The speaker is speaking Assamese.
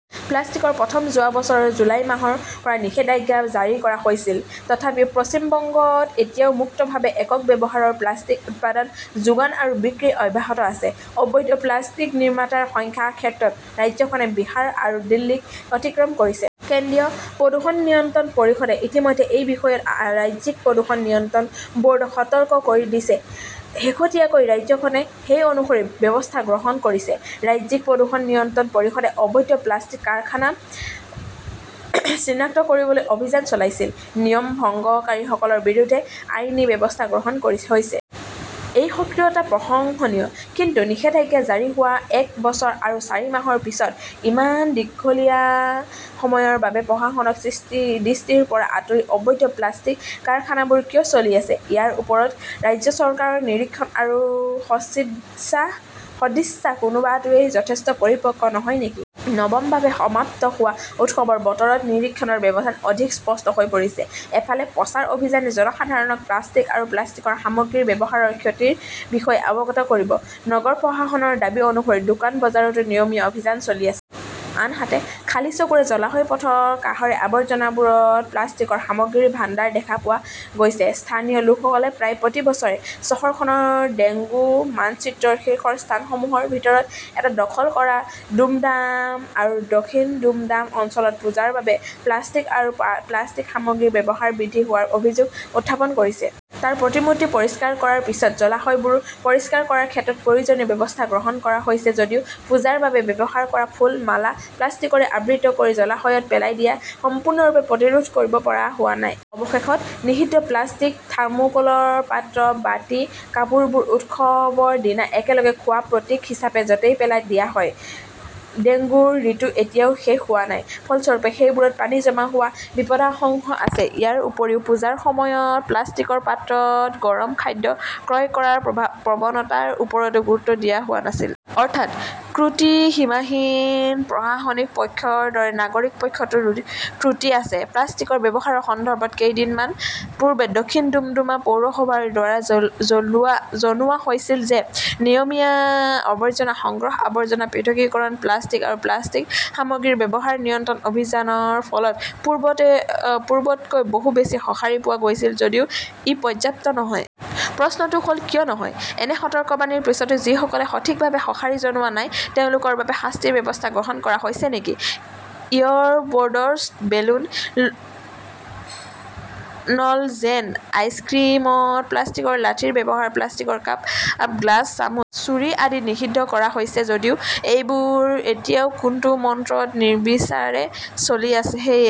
প্লাষ্টিকত প্ৰথম যোৱা বছৰৰ জুলাই মাহৰ পৰা নিষেধাজ্ঞা জাৰি কৰা হৈছিল। তথাপিও পশ্চিম বংগত এতিয়াও মুক্তভাৱে একক ব্যৱহাৰৰ প্লাষ্টিক উৎপাদন, যোগান আৰু বিক্ৰী অব্যাহত আছে। অবৈধ প্লাষ্টিক নিৰ্মাতাৰ সংখ্যাৰ ক্ষেত্ৰত ৰাজ্যখনে বিহাৰ আৰু দিল্লীক অতিক্ৰম কৰিছে। কেন্দ্ৰীয় প্ৰদূষণ নিয়ন্ত্ৰণ পৰিষদে ইতিমধ্যে এই বিষয়ত ৰাজ্যিক প্ৰদূষণ নিয়ন্ত্ৰণ বৰ্ডক সতৰ্ক কৰি দিছে। শেহতীয়াকৈ ৰাজ্যখনে সেই অনুসৰি ব্যৱস্থা গ্ৰহণ কৰিছে। ৰাজ্যিক প্ৰদূষণ নিয়ন্ত্ৰণ পৰিষদে অবৈধ প্লাষ্টিক কাৰখানা চিনাক্ত কৰিবলৈ অভিযান চলাইছিল। নিয়ম ভংগকাৰীসকলৰ বিৰুদ্ধেও আইনী ব্যৱস্থা গ্ৰহণ কৰা হৈছে। এই সক্ৰিয়তা প্ৰশংসনীয়। কিন্তু, নিষেধাজ্ঞা জাৰি হোৱাৰ এক বছৰ আৰু চাৰি মাহৰ পিছত-ইমান দীঘলীয়া সময়ৰ বাবে প্ৰশাসনৰ দৃষ্টিৰ পৰা আঁতৰি অবৈধ প্লাষ্টিক কাৰখানাবোৰ কিয় চলি আছে? ইয়াৰ ওপৰত ৰাজ্য চৰকাৰৰ নিৰীক্ষণ আৰু সদিচ্ছা, কোনোটোৱেই যথেষ্ট পৰিপক্ক নহয় নেকি? নৱমভাৱে সমাপ্ত হোৱা উৎসৱৰ বতৰত নিৰীক্ষণৰ ব্যৱধান অধিক স্পষ্ট হৈ পৰিছে। এফালে, প্ৰচাৰ অভিযানে জনসাধাৰণক প্লাষ্টিক আৰু প্লাষ্টিকৰ সামগ্ৰীৰ ব্যৱহাৰৰ ক্ষতিৰ বিষয়ে অৱগত কৰিব, নগৰ প্ৰশাসনৰ দাবী অনুসৰি দোকান-বজাৰতো নিয়মীয়া অভিযান চলি আছে। আনহাতে, খালী চকুৰে জলাশয়, পথৰ কাষৰ আৱৰ্জনাবোৰত প্লাষ্টিকৰ সামগ্ৰীৰ ভাণ্ডাৰ দেখা পোৱা গৈছে। স্থানীয় লোকসকলে প্ৰায় প্ৰতি বছৰে চহৰখনৰ ডেংগু মানচিত্ৰত শীৰ্ষ স্থানসমূহৰ ভিতৰত এটা দখল কৰা দুমডাম আৰু দক্ষিণ দুমডাম অঞ্চলত পূজাৰ বাবে প্লাষ্টিক আৰু প্লাষ্টিক সামগ্ৰীৰ ব্যৱহাৰ বৃদ্ধি হোৱাৰ অভিযোগ উত্থাপন কৰিছে। তাত প্ৰতিমূৰ্তি পৰিষ্কাৰ কৰাৰ পিছত জলাশয়বোৰ পৰিষ্কাৰ কৰাৰ ক্ষেত্ৰত প্ৰয়োজনীয় ব্যৱস্থা গ্ৰহণ কৰা হৈছে যদিও পূজাৰ বাবে ব্যৱহাৰ কৰা ফুল, মালা প্লাষ্টিকৰে আবৃত কৰি জলাশয়ত পেলাই দিয়াটো সম্পূৰ্ণৰূপে প্ৰতিৰোধ কৰিব পৰা হোৱা নাই। অৱশেষত, নিষিদ্ধ প্লাষ্টিক, থাৰ্মোক্লৰ পাত্ৰ, বাটি, কাপবোৰ উৎসৱৰ দিনা একেলগে খোৱাৰ প্ৰতীক হিচাপে যতেই পেলাই দিয়া হয়। ডেংগুৰ ঋতু এতিয়াও শেষ হোৱা নাই। ফলস্বৰূপে, সেইবোৰত পানী জমা হোৱাৰ বিপদাশংকা আছে । ইয়াৰ উপৰিও পূজাৰ সময়ত প্লাষ্টিকৰ পাত্ৰত গৰম খাদ্য ক্ৰয় কৰাৰ প্ৰৱণতাৰ ওপৰতো গুৰুত্ব দিয়া হোৱা নাছিল। অৰ্থাৎ, ত্ৰুটি সীমাহীন। প্ৰশাসনিক পক্ষৰ দৰে নাগৰিক পক্ষতো ত্ৰুটি আছে। প্লাষ্টিকৰ ব্যৱহাৰৰ সন্দৰ্ভত কেইদিনমান পূৰ্বে দক্ষিণ দুমডাম পৌৰসভাৰ দ্বাৰা জনোৱা হৈছিল যে নিয়মীয়া আৱৰ্জনা সংগ্ৰহ, আৱৰ্জনা পৃথকীকৰণ, প্লাষ্টিক আৰু প্লাষ্টিক সামগ্ৰীৰ ব্যৱহাৰ নিয়ন্ত্ৰণ অভিযানৰ ফলত পূৰ্বতকৈ বহু বেছি সঁহাৰি পোৱা গৈছিল যদিও ই পৰ্যাপ্ত নহয়। প্ৰশ্নটো হ ল, কিয় নহয়? এনে সতৰ্কবাণীৰ পিছতো যিসকলে সঠিকভাৱে সঁহাৰি জনোৱা নাই তেওঁলোকৰ বাবে শাস্তিৰ ব্যৱস্থা কৰা হৈছে নেকি? 'ইয়ৰ বডছ ", বেলুন, ল"জেন, আইচক্ৰীমত প্লাষ্টিকৰ লাঠিৰ ব্যৱহাৰ, প্লাষ্টিকৰ কাপ, গ্লাছ, চামুচ, ছুৰী আদি নিষিদ্ধ কৰা হৈছে যদিও এইবোৰ এতিয়াও কোনটো মন্ত্ৰত নিৰ্বিচাৰে চলি আছে সেয়া